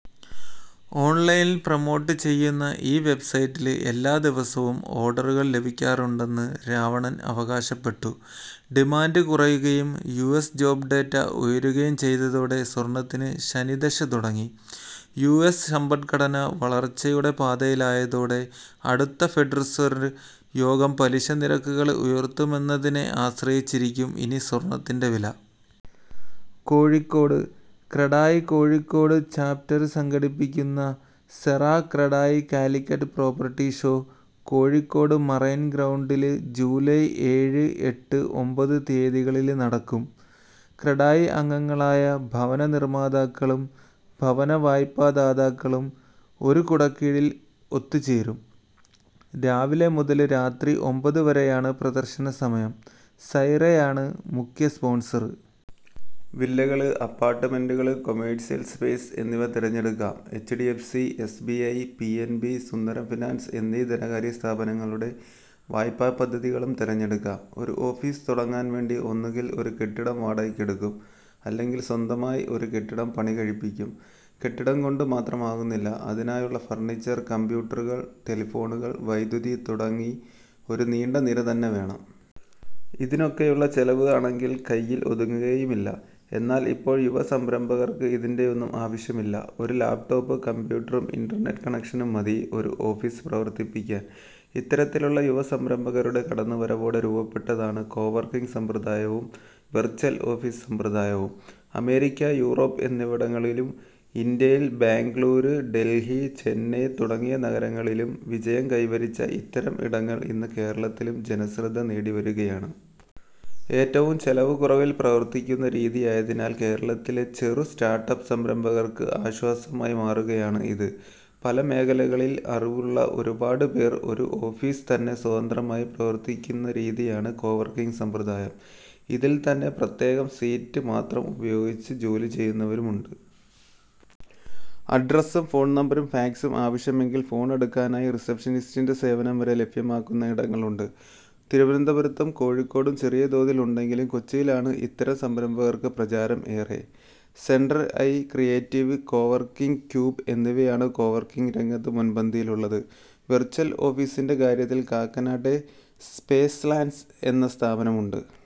ഓണ്ലൈനില് promote ചെയ്യുന്ന ഈ വെബ്സൈറ്റില് എല്ലാ ദിവസവും ഓർ ഡറുകള് ലഭിക്കാറുണ്ടെന്ന് എന്. രാവണന് അവകാശപ്പെട്ടു. ഡിമാന്റ് കുറയുകയും യു. എസ് ജോബ്ഡാറ്റ ഉയരുകയും ചെയ്തതോടെ സ്വർണത്തിന് ശനിദശ തുടങ്ങി. യുഎസ് സമ്പദ്ഘടന വളർച്ചയുടെ പാതയിലായതോടെ അടുത്ത ഫെഡ് റിസര്വ് യോഗം പലിശ നിരക്കുകള് ഉയര്ത്തുമോയെന്നതിനെ ആശ്രയിച്ചിരിക്കും ഇനി സ്വർണത്തിന്റെ വില. കോഴിക്കോട്:ക്രഡായ് കോഴിക്കോട് ചാപ്റ്ററ് സംഘടിപ്പിക്കുന്ന Cera CREDAI Calicut property show Kozhikode marine ഗ്രൗണ്ടില് ജൂലായ് ഏഴ്, എട്ട്, ഒമ്പത് തിയതികളില് നടക്കും. ക്രഡായ് അംഗങ്ങളായ ഭവന നിർമാതാക്കളും ഭവനവായ്പാദാതാക്കളും ഒരു കുടക്കീഴില് ഒത്തുചേരും. രാവിലെ മുതല് രാത്രി ഒമ്പതുവരെയാണ് പ്രദർശന സമയം. സെറയാണ് മുഖ്യ സ്പോൺസർ. വില്ലകള്, അപ്പാർട്ട്മെന്റുകള്, കൊമേഴ്സ്യല് സ്പേസ് എന്നിവ തിരഞ്ഞെടുക്കാം. HDFC, SBI, PNB, Sundaram finance എന്നീ ധനകാര്യസ്ഥാപനങ്ങളുടെ വായ്പാപദ്ധതികളും തിരഞ്ഞെടുക്കാം. ഒരു ഓഫീസ് തുടങ്ങാൻ വേണ്ടി ഒന്നുകിൽ ഒരു കെട്ടിടം വാടകയ്ക്കെടുക്കും അല്ലെങ്കിൽ സ്വന്തമായി ഒരു കെട്ടിടം പണി കഴിപ്പിക്കും. കെട്ടിടം കൊണ്ട് മാത്രമാകുന്നില്ല അതിനായുള്ള ഫർണിച്ചർ, കംപ്യൂട്ടറുകൾ, ടെലിഫോണുകൾ, വൈദ്യുതി തുടങ്ങി ഒരു നീണ്ട നിര തന്നെ വേണം. ഇതിനൊക്കെയുള്ള ചെലവ് ആണെങ്കിൽ കൈയിൽ ഒതുങ്ങുകയുമില്ല. എന്നാൽ ഇപ്പോൾ യുവ സംരംഭകർക്ക് ഇതിന്റെയൊന്നും ആവശ്യമില്ല. ഒരു ലാപ്ടോപ് കംപ്യൂട്ടറും ഇന്റർനെറ്റ് കണക്ഷനും മതി ഒരു ഓഫീസ് പ്രവർത്തിപ്പിക്കാൻ. ഇത്തരത്തിലുള്ള യുവ സംരംഭകരുടെ കടന്നുവരവോടെ രൂപപ്പെട്ടതാണ് കോവർക്കിങ് സമ്പ്രദായവും വെർച്വൽ ഓഫീസ് സമ്പ്രദായവും. അമേരിക്ക, യൂറോപ്പ് എന്നിവിടങ്ങളിലും, ഇന്ത്യയിൽ ബെംഗളൂരു, ഡൽഹി, ചെന്നൈ തുടങ്ങിയ നഗരങ്ങളിലും വിജയം കൈവരിച്ച ഇത്തരം ഇടങ്ങൾ ഇന്ന് കേരളത്തിലും ജനശ്രദ്ധ നേടിവരികയാണ്. ഏറ്റവും ചെലവ് കുറവിൽ പ്രവർത്തിക്കുന്ന രീതിയായതിനാൽ കേരളത്തിലെ ചെറു സ്റ്റാർട്ട്അപ്പ് സംരംഭകർക്ക് ആശ്വാസമായി മാറുകയാണ് ഇത്. പല മേഖലകളിൽ അറിവുള്ള ഒരുപാട് പേർ ഒരു ഓഫീസിൽ തന്നെ സ്വതന്ത്രമായി പ്രവർത്തിക്കുന്ന രീതിയാണ് കോവർക്കിങ് സമ്പ്രദായം. ഇതിൽ തന്നെ പ്രത്യേകം സീറ്റ് മാത്രം ഉപയോഗിച്ച് ജോലി ചെയ്യുന്നവരുമുണ്ട്. അഡ്രസ്സും ഫോൺ നമ്പറും ഫാക്സും ആവശ്യമെങ്കിൽ ഫോൺ എടുക്കാനായി റിസപ്ഷനിസ്റ്റിന്റെ സേവനം വരെ ലഭ്യമാക്കുന്ന ഇടങ്ങളുണ്ട്. തിരുവനന്തപുരത്തും കോഴിക്കോടും ചെറിയ തോതിൽ ഉണ്ടെങ്കിലും കൊച്ചിയിലാണ് ഇത്തരം സംരംഭങ്ങൾക്ക് പ്രചാരം ഏറെ. Centre A, creative coworking cube എന്നിവയാണ് കോവർക്കിങ് രംഗത്ത് മുൻപന്തിയിലുള്ളത്. വെർച്വൽ ഓഫീസിന്റെ കാര്യത്തിൽ കാക്കനാട്ടെ സ്പേസ്ലാൻസ് എന്ന സ്ഥാപനവുമുണ്ട്.